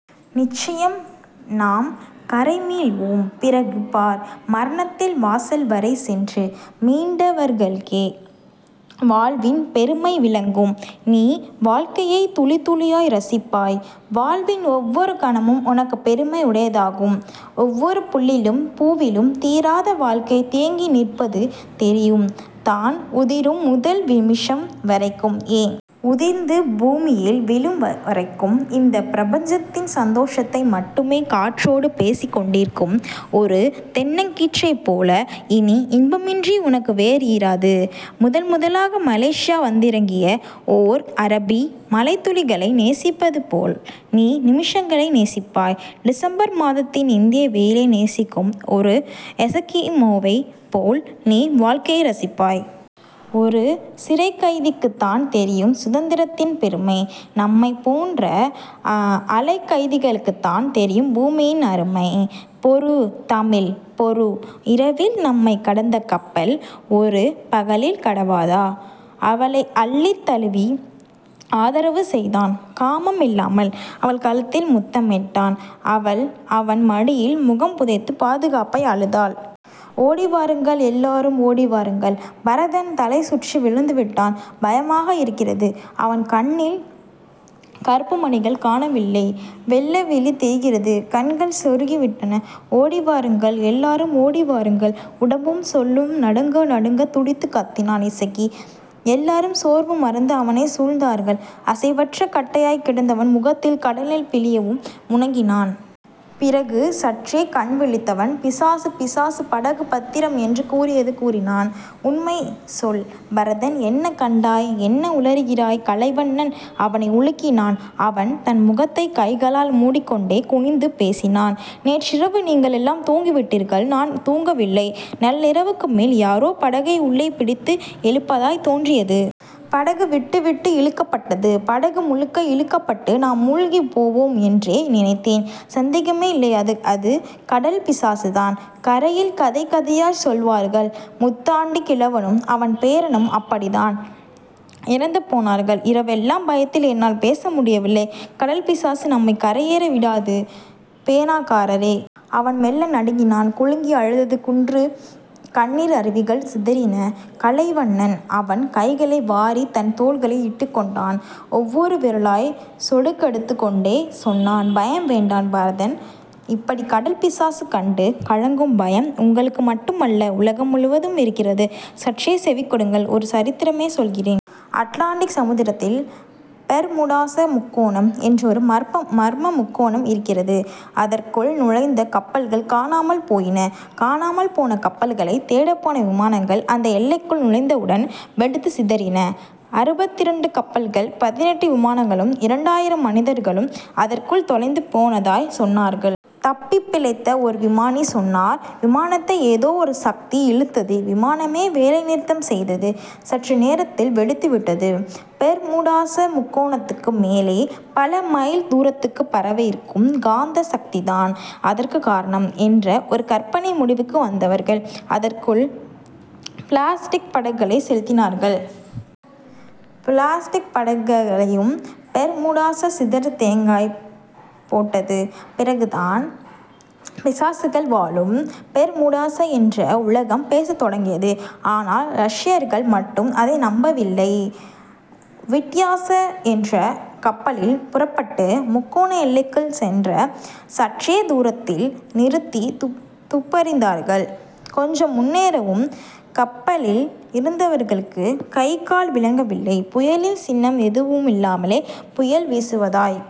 நிச்சயம் நாம் கரைமீள்வோம். பிறகு பார். மரணத்தின் வாசல்வரை சென்று மீண்டவர்களுக்கே வாழ்வின் பெருமை விளங்கும். நீ வாழ்க்கையைத் துளித்துளியாய் ரசிப்பாய். வாழ்வின் ஒவ்வொரு கணமும் உனக்குப் பெருமை உடையதாகும். ஒவ்வொரு புல்லிலும் பூவிலும் தீராத வாழ்க்கை தேங்கி நிற்பது தெரியும். தான் உதிரும் முதல் நிமிஷம் வரைக்கும் ஏன்... உதிர்ந்து பூமியில் விழும்வரைக்கும், இந்தப் பிரபஞ்சத்தின் சந்தோஷத்தை மட்டுமே காற்றோடு பேசிக்கொண்டிருக்கும் ஒரு தென்னங்கீற்றைப் போல இனி இன்பமன்றி உனக்கு வேறு இராது. முதன்முதலாக மலேசியா வந்திறங்கிய ஓர் அரபி, மழைத்துளிகளை நேசிப்பது போல் நீ நிமிஷங்களை நேசிப்பாய். டிசம்பர் மாதத்தின் இந்திய வெயிலை நேசிக்கும் ஓர் எஸகிமோவைப் போல் நீ வாழ்க்கையை ரசிப்பாய். ஒரு சிறைக்கைதிக்குத்தான் தெரியும் சுதந்திரத்தின் பெருமை. நம்மைப் போன்ற அலைக்கைதிகளுக்குத்தான் தெரியும் பூமியின் அருமை. பொறு தமிழ். பொறு... இரவில் நம்மைக் கடந்த கப்பல், ஒரு பகலில் கடவாதா? அவளை அள்ளித் தழுவி ஆதரவு செய்தான். காமமில்லாமல் அவள் கழுத்தில் முத்தமிட்டான். அவள், அவன் மடியில் முகம் புதைத்துப் பாதுகாப்பாய் அழுதாள். ஓடிவாருங்கள்... எல்லாரும் ஓடிவாருங்கள். பரதன் தலை சுற்றி விழுந்துவிட்டான். பயமாக இருக்கிறது. அவன் கண்ணில் கருப்புமணிகள் காணவில்லை. வெள்ளைவிழி தெரிகிறது. கண்கள் செருகிவிட்டன. ஓடிவாருங்கள்... எல்லாரும் ஓடிவாருங்கள்... உடம்பும் சொல்லும் நடுங்க நடுங்கத் துடித்துக் கத்தினான் இசக்கி. எல்லோரும் சோர்வு மறந்து அவனைச் சூழ்ந்தார்கள். அசைவற்ற கட்டையாய்க் கிடந்தவன் முகத்தில், கடல்நீர் பிழியவும் முனகினான். பிறகு சற்றே கண்விழித்தவன் பிசாசு, பிசாசு. படகு பத்திரம். என்று கூறியது கூறினான். உண்மை சொல் பரதன், என்ன கண்டாய்? என்ன உளறுகிறாய்? கலைவண்ணன் அவனை உலுக்கினான். அவன் தன் முகத்தைக் கைகளால் முடிக்கொண்டே குனிந்து பேசினான். நேற்றிரவு நீங்களெல்லாம் தூங்கிவிட்டீர்கள். நான் தூங்கவில்லை. நள்ளிரவுக்குமேல் யாரோ படகை உள்ளே பிடித்து இழுப்பதாய்த் தோன்றியது. படகு விட்டுவிட்டு இழுக்கப்பட்டது. படகு முழுக்க இழுக்கப்பட்டு நாம் முழ்கிப் போவோம் என்றே நினைத்தேன். சந்தேகமே இல்லை அது கடல் பிசாசுதான். கரையில் கதை கதையாய்ச் சொல்வார்கள். முத்தாண்டிக் கிழவனும் அவன் பேரனும் அப்படித்தான் இறந்து போனார்கள். இரவெல்லாம் பயத்தில் என்னால் பேச முடியவில்லை. கடல் பிசாசு நம்மைக் கரையேற விடாது பேனாக்காரரே. அவன் மெல்ல நடுங்கினான். குலுங்கி அழுதது குன்று. கண்ணீர் அருவிகள் சிதறின. கலைவண்ணன், அவன் கைகளை வாரித் தன் தோள்களில் இட்டுக்கொண்டான். ஒவ்வொரு விரலாய்ச் சொடுக்கெடுத்துக்கொண்டே சொன்னான். பயம் வேண்டாம் பரதன். இப்படிக் கடல் பிசாசு கண்டு கலங்கும் பயம் உங்களுக்குமட்டுமல்ல, உலகம் முழுவதுமிருக்கிறது. சற்றே செவி கொடுங்கள், ஒரு சரித்திரம் சொல்கிறேன். அட்லாண்டிக் சமுத்திரத்தில் பெர்முடாஸ முக்கோணம் என்றொரு மர்ம முக்கோணம் இருக்கிறது. அதற்குள் நுழைந்த கப்பல்கள் காணாமல் போயின. காணாமல் போன கப்பல்களைத் தேடப்போன விமானங்கள், அந்த எல்லைக்குள் நுழைந்தவுடன் வெடித்துச் சிதறின. அறுபத்திரண்டு கப்பல்களும் பதினெட்டு விமானங்களும் இரண்டாயிரம் மனிதர்களும் அதற்குள் தொலைந்து போனதாய்ச் சொன்னார்கள். தப்பிப் பிழைத்த ஒரு விமானி சொன்னார். விமானத்தை ஏதோ ஒரு சக்தி இழுத்தது. விமானமே வேலைநிறுத்தம் செய்தது. சற்று நேரத்தில் வெடித்துவிட்டது... பெர்முடாஸ முக்கோணத்துக்கு மேலே பல மைல் தூரத்துக்குப் பரவியிருக்கும் காந்த சக்திதான் அதற்குக் காரணம் என்ற ஒரு கற்பனை முடிவுக்கு வந்தவர்கள், அதற்குள் பிளாஸடிக் படகுகளைச் செலுத்தினார்கள். பிளாஸடிக் படகுகளையும் பெர்முடாஸ சிதறுதேங்காய் போட்டது. பிறகுதான் பிசாசுகள் வாழும் பெர்முடாஸ என்று உலகம் பேசத் தொடங்கியது. ஆனால், ரஷயர்கள் மட்டும் அதை நம்பவில்லை. ல் விட்யாஸ என்ற கப்பலில் புறப்பட்டு, முக்கோண எல்லைக்குச் சற்றே தூரத்தில் நிறுத்தித் துப்பறிந்தார்கள். கொஞ்சம் முன்னேறவும், கப்பலில் இருந்தவர்களுக்குக் கை கால் விளங்கவில்லை. புயலின் சின்னம் எதுவுமில்லாமலே, புயல் வீசுவதாய்க்